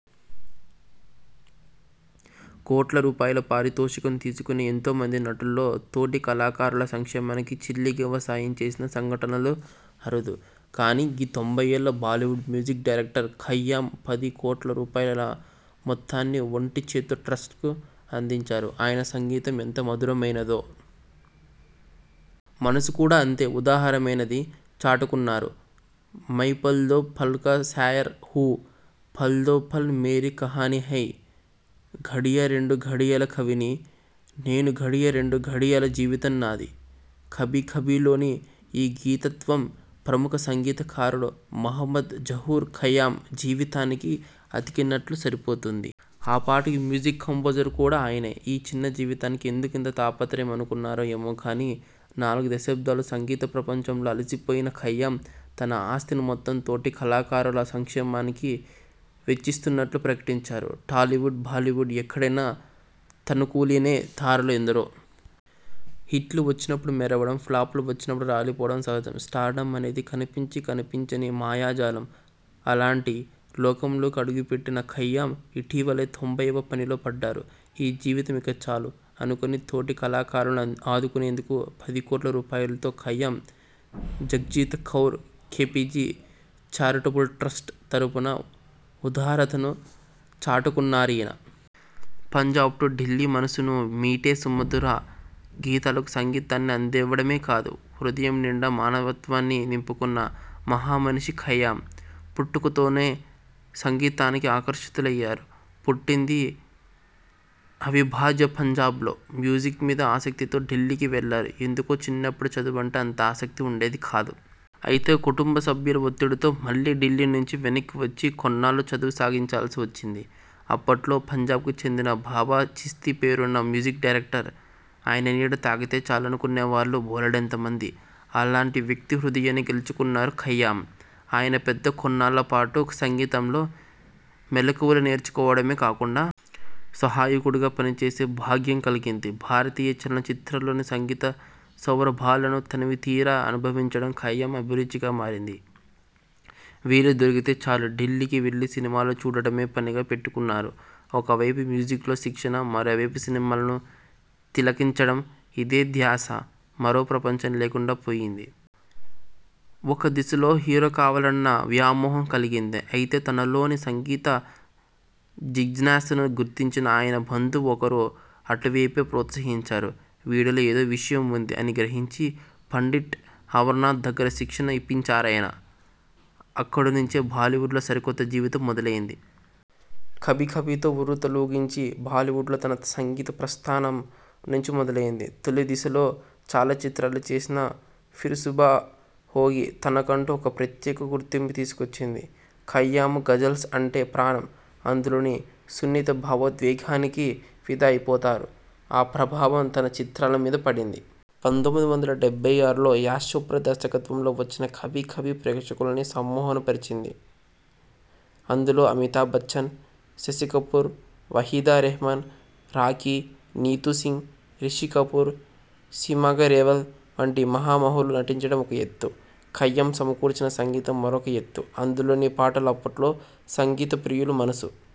కోట్ల రూపాయల పారితోషికం తీసుకునే ఎంతోమంది నటుల్లో.. తోటి కళాకారుల సంక్షేమానికి చిల్లిగవ్వ సాయం చేసిన సంఘటనలు అరుదు. కానీ.. ఈ తొంభైఏళ్ల బాలీవుడ్ మ్యూజిక్ డైరెక్టర్ ఖయ్యామ్ పది కోట్ల రూపాయల మొత్తాన్ని ఒంటి చేత్తో ట్రస్ట్కు అందించారు. ఆయన సంగీతం ఎంత మధురమైనదో.. మనసు కూడా అంతే ఉదారమైనదని చాటుకున్నారు.. ''మై పల్ దో పల్ కా శాయర్ హూఁ.. పల్ దో పల్ మేరీ కహానీ హై.. ''''ఘడియ రెండు ఘడియల కవిని నేనుఘడియ రెండు ఘడియల జీవితం నాది.. '' 'కభీ కభీ'లోని ఈ గీతతత్వం ప్రముఖ సంగీత కారుడు మహమ్మద్ జహూర్ ఖయ్యామ్ జీవితానికి అతికినట్లు సరిపోతుంది. ఆ పాటకు మ్యూజిక్ కంపోజర్ కూడా ఆయనే! ఈ చిన్న జీవితానికి ఎందుకింత తాపత్రయం అనుకున్నారో ఏమో కానీ.. నాలుగు దశాబ్ధాలు సంగీత ప్రపంచంలో అలసిపోయిన ఖయ్యామ్.. తన ఆస్తిని మొత్తం తోటి కళాకారుల సంక్షేమానికి వెచ్చిస్తున్నట్లు ప్రకటించారు. టాలీవుడ్, బాలీవుడ్.. ఎక్కడైనా తణుకులీనే తారలు ఎందరో! హిట్లు వచ్చినప్పుడు మెరవడం, ఫ్లాప్లు వచ్చినప్పుడు రాలిపోవడం సహజం. స్టార్డమ్ అనేది కనిపించీ కనిపించని మాయాజాలం. అలాంటి లోకంలోకి అడుగుపెట్టిన ఖయ్యామ్.. ఇటీవలే తొంభైయ్యవ పనిలో పడ్డారు ఈ జీవితం ఇక చాలు.. అనుకుని తోటి కళాకారులను ఆదుకునేందుకు పదికోట్ల రూపాయలతో ''Khayyam Jagjit Kaur KPG charitable trust' తరఫున ఉదారతను చాటుకున్నారీయన. పంజాబ్ టు ఢిల్లీమనసును మీటే సుమధుర గీతాలకు సంగీతాన్ని అందివ్వడమే కాదు.. హృదయం నిండా మానవత్వాన్ని నింపుకున్న మహామనిషి ఖయ్యామ్. పుట్టుకతోనే సంగీతానికి ఆకర్షితులయ్యారు. పుట్టింది అవిభాజ్య పంజాబ్లో. మ్యూజిక్ మీద ఆసక్తితో ఢిల్లీకి వెళ్లారు. ఎందుకో చిన్నప్పుడు చదువంటే అంత ఆసక్తి ఉండేది కాదు. అయితే కుటుంబసభ్యుల ఒత్తిడితో మళ్లీ ఢిల్లీ నుంచి వెనక్కి వచ్చి.. కొన్నాళ్లు చదువుసాగించాల్సి వచ్చింది. అప్పట్లో పంజాబ్కు చెందిన బాబా చిస్తీ పేరున్న మ్యూజిక్ డైరెక్టర్. ఆయన నీడ తాకితే చాలు అనుకునేవాళ్లు బోలెడంతమంది. అలాంటి వ్యక్తి హృదయాన్ని గెలుచుకున్నారు ఖయ్యామ్. ఆయన వద్ద కొన్నాళ్ల పాటు సంగీతంలో మెళకువలు నేర్చుకోవడమే కాకుండా.. సహాయకుడిగా పనిచేసే భాగ్యం కలిగింది. భారతీయ చలన చిత్రాల్లోని సంగీత సౌరభాలను తనివితీరా అనుభవించడం ఖయ్యామ్ అభిరుచిగా మారింది. వీలుదొరికితే చాలు, ఢిల్లీకి వెళ్లి సినిమాలు చూడటమే పనిగా పెట్టుకున్నారు. ఒకవైపు మ్యూజిక్లో శిక్షణ, మరోవైపు సినిమాలను తిలకించడం. ఇదే ధ్యాస. మరో ప్రపంచం లేకుండా పోయింది. ఒక దశలో హీరో కావాలన్న వ్యామోహం కలిగింది. అయితే తనలోని సంగీత జిజ్ఞాసను గుర్తించిన ఆయన బంధువు ఒకరు అటువైపే ప్రోత్సహించారు. 'వీడిలో ఏదో విషయం ఉంది' అని గ్రహించి.. పండిట్ అమర్నాథ్ దగ్గర శిక్షణ ఇప్పించారాయన. అక్కడి నుంచే బాలీవుడ్లో సరికొత్త జీవితం మొదలైంది. 'కభీ కభీ'తో ఉర్రూతలూగించి.. బాలీవుడ్లో తన సంగీత ప్రస్థానం నుంచి మొదలైంది. తొలిదశలో చాలా చిత్రాలు చేసినా.. 'ఫిర్ సుభా హోగి' తనకంటూ ఒక ప్రత్యేక గుర్తింపు తీసుకొచ్చింది. ఖయ్యామ్కు గజల్స్ అంటే ప్రాణం. అందులోని సున్నిత భావోద్వేగానికి ఫిదా అయిపోతారు. ఆ ప్రభావం తన చిత్రాల మీద పడింది. పంతొమ్మిది వందల డెబ్బై ఆరులో యాష్చోప్రా దర్శకత్వంలో వచ్చిన 'కభీ కభీ' ప్రేక్షకుల్ని సమ్మోహనపరిచింది. అందులో అమితాబ్బచ్చన్, శశికపూర్, వహీదారెహ్మాన్, రాఖీ, నీతూసింగ్, రిషికపూర్, సిమీగరేవల్ వంటి మహామహులు నటించటం ఒక ఎత్తు. ఖయ్యామ్ సమకూర్చిన సంగీతం మరొక ఎత్తు. అందులోని పాటలు అప్పట్లో సంగీతప్రియుల మనసు